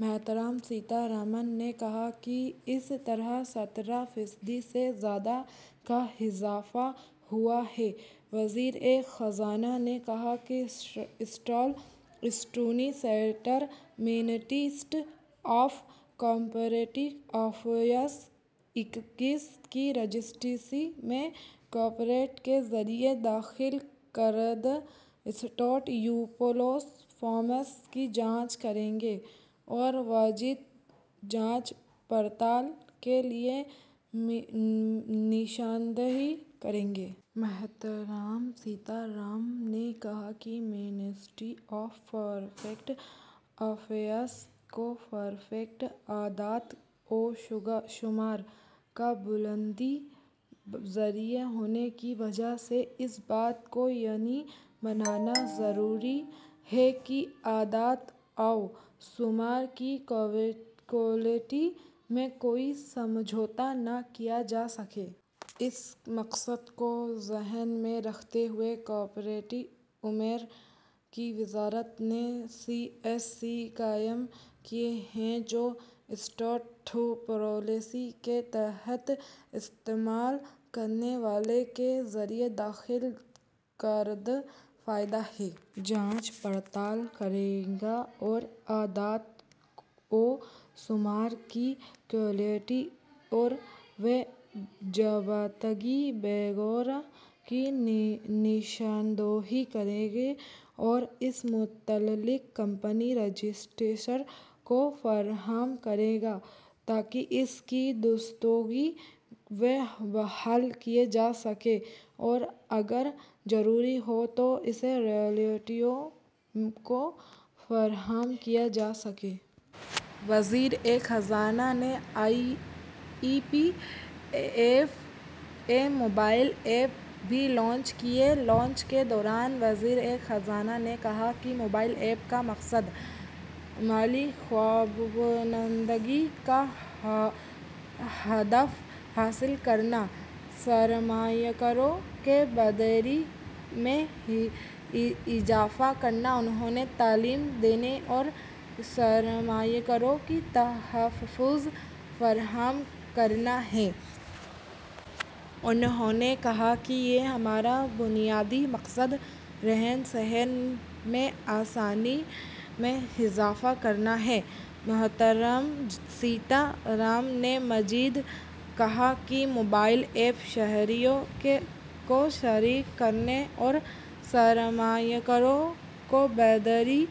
محترمہ سیتا رمن نے کہا کہ اس طرح سترہ فیصد سے زیادہ کا اضافہ ہوا ہے۔ وزیر خزانہ نے کہا کہ central scrutiny centre ministry of corporate affairs اکیس کی رجسٹری میں کارپوریٹ کے ذریعے داخل کردہ اسٹریٹ تھرو پروسیس فارمز کی جانچ کرے گا اور مزید جانچ پڑتال کے لیے نشاندہی کرے گا۔ محترمہ سیتا رمن نے کہا کہ منسٹری آف کارپوریٹ افیئرز کو کارپوریٹ اعداد و شمار کا بنیادی ذریعہ ہونے کی وجہ سے اس بات کو یقینی بنانا ضروری ہے کہ اعداد و شمار کی کوالٹی میں کوئی سمجھوتہ نہ کیا جا سکے۔ اس مقصد کو ذہن میں رکھتے ہوئے کارپوریٹ امور کی وزارت نے سی ایس سی قائم کیا ہے جو اسٹریٹ تھرو پروسیس کے تحت استعمال کرنے والوں کے ذریعے داخل کردہ فائدوں کی جانچ پڑتال کرے گا اور اعداد و شمار کی کوالٹی اور بے ضابطگی وغیرہ کی نشاندہی کرے گا اور اسے متعلقہ کمپنی رجسٹرار کو فراہم کرے گا تاکہ اس کی درستگی کو بحال کیا جا سکے اور اگر ضروری ہو تو اسے ریگولیٹروں کو فراہم کیا جا سکے۔ وزیر خزانہ نے I E P F A mobile app بھی لانچ کیا۔ لانچ کے دوران وزیر خزانہ نے کہا کہ اس موبائل ایپ کا مقصد مالی خواندگی کا ہدف حاصل کرنا سرمایہ کاروں میں بیداری میں اضافہ کرنا انہیں تعلیم دینا اور سرمایہ کاروں کو تحفظ فراہم کرنا ہے۔ انہوں نے کہا کہ یہاں ہمارا بنیادی مقصد رہن سہن میں آسانی میں اضافہ کرنا ہے۔ محترمہ سیتا رمن نے مزید کہا کہ موبائل ایپ شہریوں کو شریک کرنے اور سرمایہ کاروں میں بیداری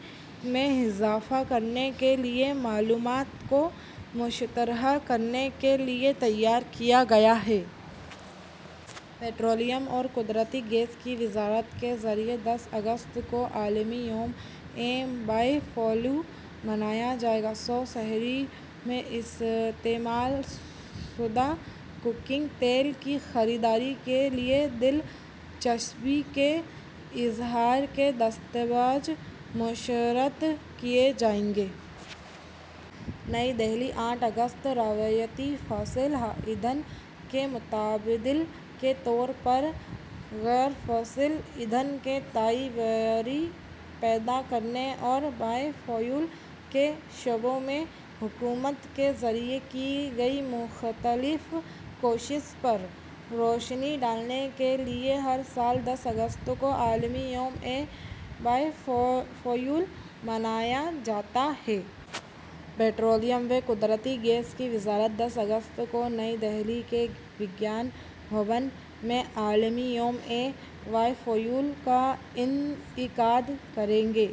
میں اضافہ کرنے کے لیے معلومات کو مشتہر کرنے کے لیے تیار کیا گیا ہے۔ پیٹرولیم اور قدرتی گیس کی وزارت کے ذریعے دس اگست کو عالمی یوم بائیو فیول منایا جائے گا۔ سو شہروں میں استعمال شدہ کوکنگ تیل کی خریداری کے لیے دلچسپی کے اظہار کے دستاویز مشتہر کیے جائیں گے۔ نئی دہلی آٹھ اگست روایتی فوسل ایندھن کے متبادل کے طور پر غیر فوسل ایندھن کے تئیں بیداری پیدا کرنے اور بائیو فیول کے شعبے میں حکومت کے ذریعے کی گئی مختلف کوششوں پر روشنی ڈالنے کے لیے ہر سال دس اگست کو عالمی یوم بائیو فیول منایا جاتا ہے۔ پیٹرولیم و قدرتی گیس کی وزارت دس اگست کو نئی دہلی کے وگیان بھون میں عالمی یوم بائیو فیول کا انعقاد کرے گی۔